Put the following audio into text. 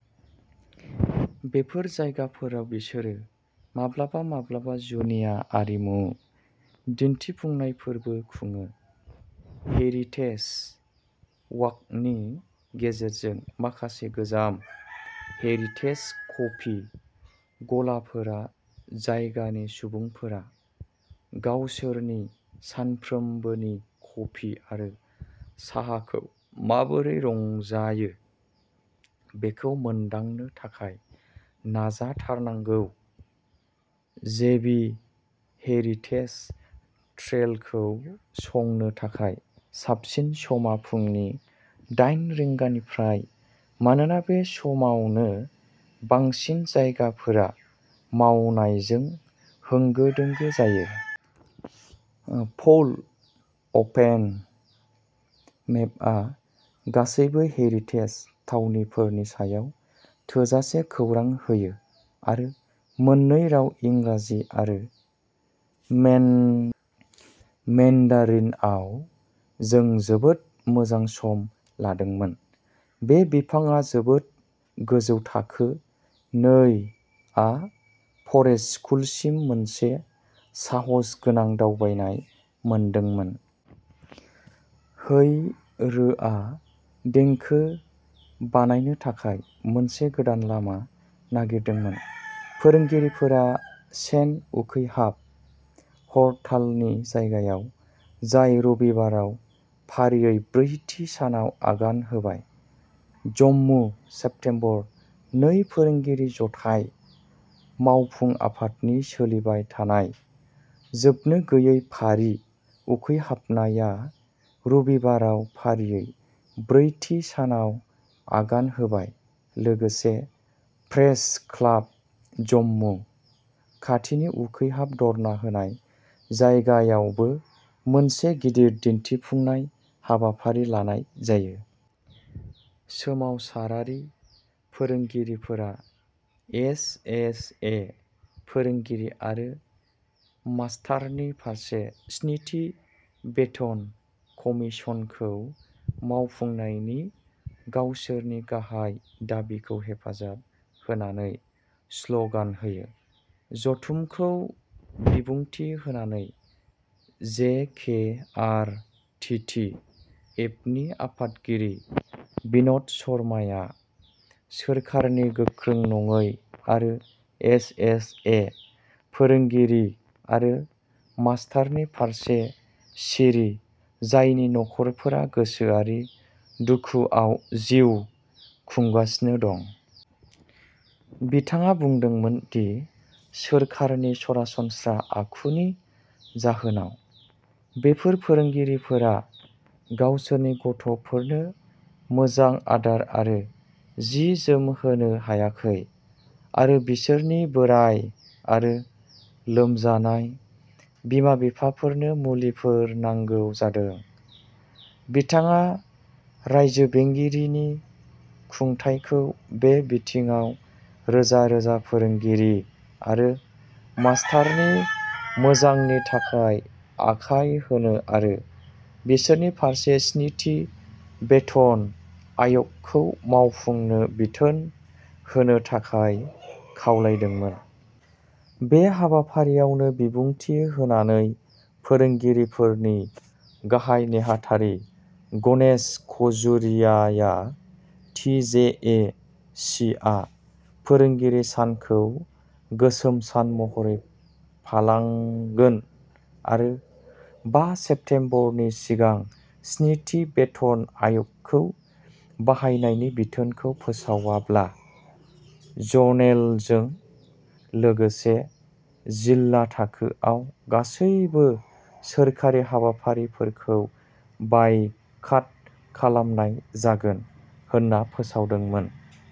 बेफोर जायगाफोराव बिसोरो माब्लाबा-माब्लाबा जुनिया आरिमु दिन्थिफुंनायफोरबो खुङो। हेरिटेज वाकनि गेजेरजों माखासे गोजाम हेरिटेज कफि गलाफोरा जायगानि सुबुंफोरा गावसोरनि सानफ्रोमबोनि कफि आरो साहाखौ माबोरै रंजायो बेखौ मोनदांनो थाखाय नाजाथारनांगौ। जेबि हेरिटेज ट्रेलखौ संनो थाखाय साबसिन समा फुंनि दाइन रिंगानिफ्राय मानोना बे समावनो बांसिन जायगाफोरा मावनायजों होंगो-दोंगो जायो। फोल्ड अपेन मेपआ गासैबो हेरिटेज थावनिफोरनि सायाव थोजासे खौरां होयो आरो मोननै राव इंराजि आरो मेन मेन्डारिनआव। जों जोबोद मोजां सम लादोंमोन। बे बिफांआ जोबोद गोजौ थाखो नै आ फरेस्ट स्कुलसिम मोनसे साहसगोनां दावबायनाय मोनदोंमोन। हैरोआ देंखो बानायनो थाखाय मोनसे गोदान लामा नागिरदोंमोन। फोरोंगिरिफोरा चेन उखैहाब हरतालनि जायगायाव, जाय रबिबाराव फारियै ब्रैथि सानाव आगान होबाय। जम्मु सेप्तेम्बर नै फोरोंगिरि जथाय मावफुं आफादनि सोलिबाय थानाय जोबनो गोयै फारि उखैहाबनाया रबिबाराव फारियै ब्रैथि सानाव आगान होबाय लोगोसे प्रेस क्लाब जम्मु खाथिनि उखैहाब धर्ना होनाय जायगायावबो मोनसे गिदिर दिन्थिफुंनाय हाबाफारि लानाय जायो। सोमावसारारि फोरोंगिरिफोरा एस एस ए फोरोंगिरि आरो मास्तारनि फारसे स्निथि बेथन कमिसनखौ मावफुंनायनि गावसोरनि गाहाय दाबिखौ हेफाजाब होनानै स्लगान होयो। जथुमखौ बिबुंथि होनानै J K R T T एफनि आफादगिरि बिनद शर्माया सोरखारनि गोख्रों नङै आरो एस एस ए फोरोंगिरि आरो मास्तारनि फारसे सिरि जायनि नखरफोरा गोसोआरि दुखुआव जिउ खुंगासिनो दं। बिथाङा बुंदोंमोन दि सोरखारनि सरासनस्रा आखुनि जाहोनाव बेफोर फोरोंगिरिफोरा गावसोरनि गथ'फोरनो मोजां आदार आरो जि जोम होनो हायाखै आरो बिसोरनि बोराय आरो लोमजानाय बिमा-बिफाफोरनो मुलिफोर नांगौ जादों। बिथाङा रायजो बेंगिरिनि खुंथायखौ बे बिथिङाव रोजा-रोजा फोरोंगिरि आरो मास्तारनि मोजांनि थाखाय आखाय होनो आरो बिसोरनि फारसे स्निथि बेथोन आय'गखौ मावफुंनो बिथोन होनो थाखाय खावलायदोंमोन। बे हाबाफारियावनो बिबुंथि होनानै फोरोंगिरि फोरनि गाहाय नेहाथारि गनेश खजुरियाया टि जे ए सीआ फोरोंगिरि सानखौ गोसोम सान महरै फालांगोन आरो बा सेप्तेम्बरनि सिगां स्निथि बेथन आय'गखौ बाहायनायनि बिथोनखौ फोसावाब्ला ज'नेलजों लोगोसे जिल्ला थाखोआव गासैबो सोरखारि हाबाफारिफोरखौ बायकाट खालामनाय जागोन होनना फोसावदोंमोन।